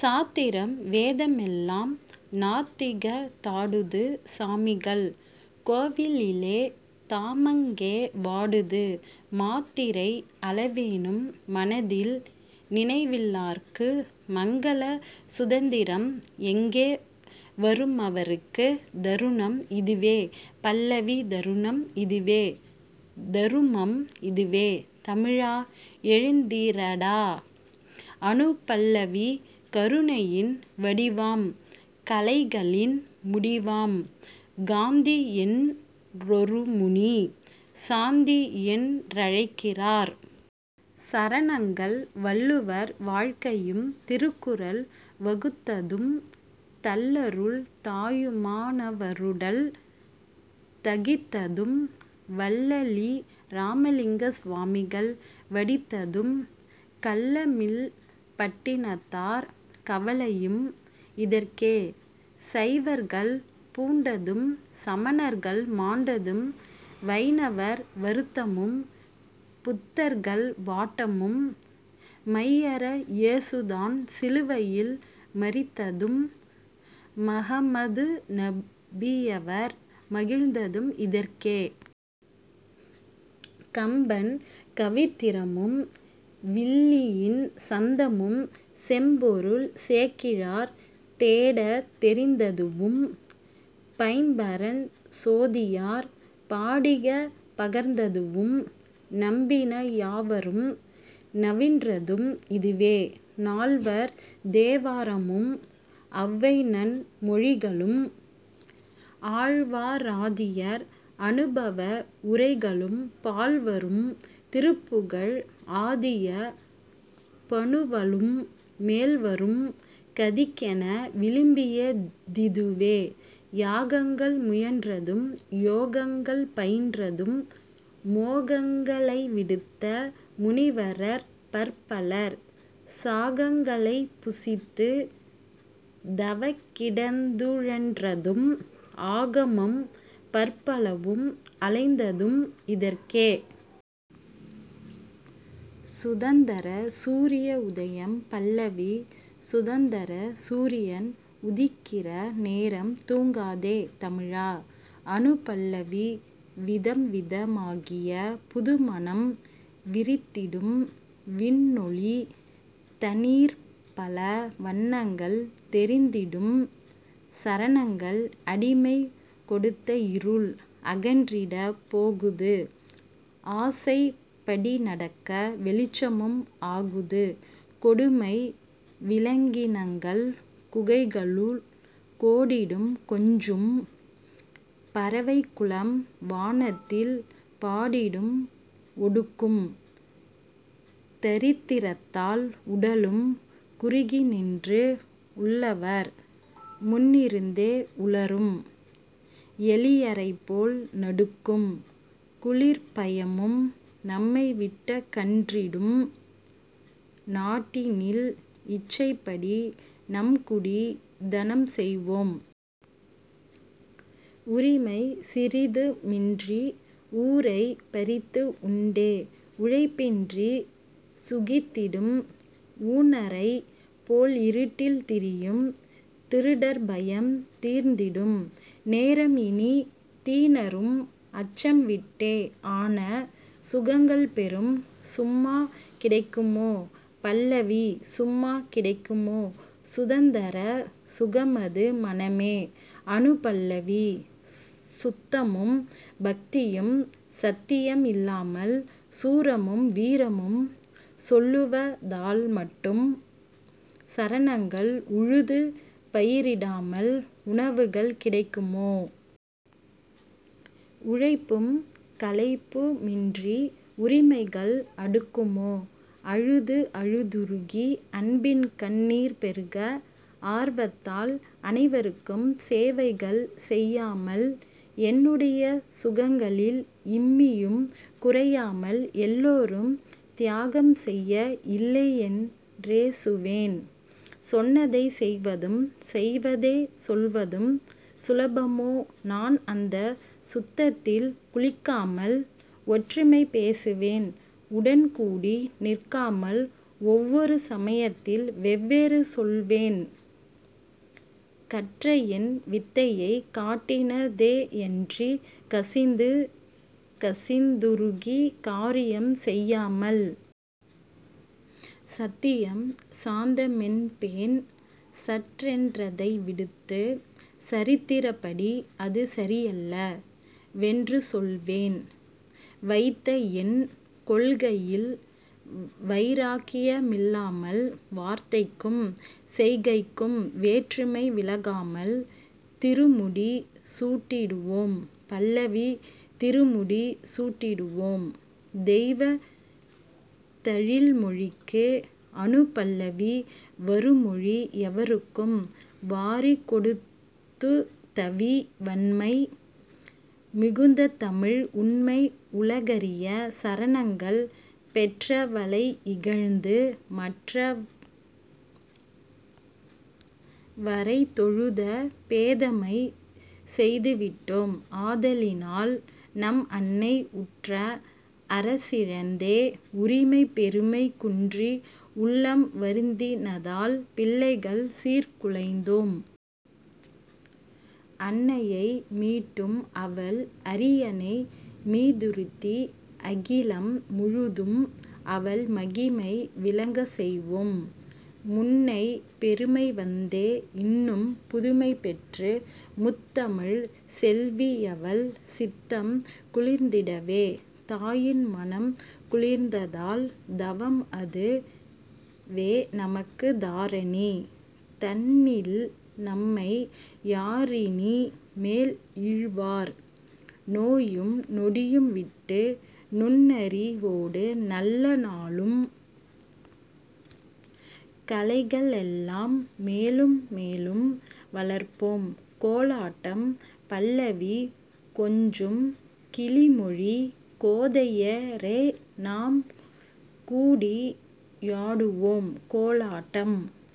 சாத்திரம் வேதமெல்லாம் நாத்திகத் தாடுது சாமிகள் கோவிலிலே தாமங்கே வாடுது மாத்திரை அளவேனும் மனதில் நினைவில்லார்க்கு மங்கள சுதந்திரம் எங்கே வருமவர்க்கு?. தருணம் இதுவே பல்லவி தருணம் இதுவே, தருமம் இதுவே, தமிழா! எழுந்திரடா. அநுபல்லவி கருணையின் வடிவாம் கலைகளின் முடிவாம் காந்தியென் றொருமுனி 'சாந்தி'யென் றழைக்கிறார். சரணங்கள் வள்ளுவர் வாழ்க்கையும் திருக்குறள் வகுத்ததும் தள்ளருள் தாயுமா னவருடல் தகித்ததும் வள்ளலி ராமலிங்க சுவாமிகள் வடித்ததும் கள்ளமில் பட்டினத்தார் கவலையும் இதற்கே. சைவர்கள் பூண்டதும் சமணர்கள் மாண்டதும் வைணவர் வருத்தமும் புத்தர்கள் வாட்டமும் மையற ஏசுதான் சிலுவையில் மரித்ததும் மஹம்மது நபியவர் மகிழ்ந்ததும் இதற்கே. கம்பன் கவித்திறமும் வில்லியின் சந்தமும் செம்பொருள் சேக்கிழார் தேடத் தெரிந்ததுவும் பைம்பரஞ் சோதியார் பாடிகப் பகர்ந்ததுவும் நம்பின யாவரும் நவின்றதும் இதுவே. நால்வர் தேவாரமும் ஔவைநன் மொழிகளும் ஆழ்வா ராதியர் அனுபவ உரைகளும் பால்வரும் திருப்புகழ் ஆதிய பனுவலும் மேல்வரும் கதிக்கென விளம்பிய திதுவே. யாகங்கள் முயன்றதும் யோகங்கள் பயின்றதும் மோகங்க ளைவிடுத்த முனிவரர் பற்பலர் சாகங்க ளைப்புசித்துத் தவங்கிடந் துழன்றதும் ஆகமம் பற்பலவும் அலைந்ததும் இதற்கே.. சுதந்தரச் சூரிய உதயம் பல்லவி சுதந்தரச் சூரியன் உதிக்கிற நேரம் தூங்காதே தமிழா! அநுபல்லவி விதம்வித மாகிய புதுமணம் விரிந்திடும் விண்ணொளி தனிற்பல வண்ணங்கள் தெரிந்திடும் சரணங்கள் அடிமை கொடுத்தஇருள் அகன்றிடப் போகுது ஆசைப்ப டிநடக்க வெளிச்சமும் ஆகுது கொடுமை விலங்கினங்கள் குகைகளுக் கோடிடும் கொஞ்சும் பறவைக்குலம் வானத்தில் பாடிடும் ஒடுக்கும் தரித்திரத்தால் உடலும் குறுகிநின்று உள்ளவர் முன்னிருந்தே உளறும் எளியரைப்போல் நடுக்கும் குளிர்ப்பயமும் நம்மைவிட்டகன்றிடும் நாட்டினில் இச்சைப்படி நம்குடித் தனம்செய்வோம். உரிமை சிறிதுமின்றி ஊரைப்ப றித்துஉண்டே உழைப்பின்றிச் சுகித்திடும் ஊனரைப் போல்இருட்டில் திரியும் திருடர்பயம் தீர்ந்திடும் நேரம்இனித் தீனரும் அச்சம்விட்டே ஆன சுகங்கள்பெறும்.. சும்மா கிடைக்குமோ? பல்லவி சும்மா கிடைக்குமோ சுதந்தர சுகமது--மனமே! அநுபல்லவி சுத்தமும் பக்தியும் சத்தியம் இல்லாமல் சூரமும் வீரமும் சொல்லுவ தால்மட்டும் சரணங்கள் உழுது பயிரிடாமல் உணவுகள் கிடைக்குமோ? உழைப்பும் களைப்புமின்றி உரிமைகள் அடுக்குமோ? அழுது அழுதுருகி அன்பின்கண் ணீர்பெருக ஆர்வத்தால் அனைவர்க்கும் சேவைகள் செய்யாமல். என்னுடைச் சுகங்களில் இம்மியும் குறையாமல் எல்லாரும் தியாகம்செய்ய இல்லையென் றேசுவேன் 'சொன்னதைச் செய்வதும் செய்வதே சொல்வதும்' சுலபமோ நான் அந்தச் சுத்தத்தில் குளிக்காமல். ஒற்றுமை பேசுவேன் உடன்கூடி நிற்காமல் ஒவ்வொரு சமயத்தில் வெவ்வேறு சொல்லுவேன் கற்றஎன் வித்தையை காட்டின தேயன்றிக் கசிந்து கசிந்துருகிக் காரியம் செய்யாமல். சத்தியம் சாந்தமென்பேன் சட்டென் றதைவிடுத்துச் சரித்திரப் படிஅது சரியல்ல வென்றுசொல்வேன் வைத்தஎன் கொள்கையில் வைராக்ய மில்லாமல் வார்த்தைக்கும் செய்கைக்கும் வேற்றுமை விலகாமல். திருமுடி சூட்டிடுவோம் பல்லவி திருமுடி சூட்டிடுவோம்--தெய்வத் தழிழ்மொழிக்கு! அநுபல்லவி வருமொழி எவருக்கும் வாரிக் கொடுத்துதவி வண்மை மிகுந்ததமிழ் உண்மை உலகறிய சரணங்கள் பெற்றவ ளைஇகழ்ந்து மற்றவ ரைத்தொழுத பேதைமை செய்துவிட்டோம் ஆதலினால் நம்அன்னை உற்ற அரசிழந்தே உரிமை பெருமை குன்றி உள்ளம் வருந்தினதால் பிள்ளைகள் சீர்குலைந்தோம்! அன்னையை மீட்டும்அவள் அரியணை மீதிருத்தி அகிலம் முழுதும்அவள் மகிமை விளங்கச்செய்வோம்! முன்னைப் பெருமைவந்தே இன்னும் புதுமைபெற்று முத்தமிழ்ச் செல்வியவள் சித்தம் குளிர்ந்திடவே! தாயின் மனம்குளிர்ந்தால் தவம்அது வேநமக்கு தாரணி தன்னில்நம்மை யாரினி மேல்இழ்வார்? நோயும் நொடியும்விட்டு நுண்ணறி வோடுநல்ல நூலும் கலைகளெல்லாம் மேலும்மேலும் வளர்ப்போம்.. கோலாட்டாம் பல்லவி கொஞ்சும் கிளிமொழிக் கோதைய ரேநாம் கூடி யாடுவோம் கோலாட்டம்.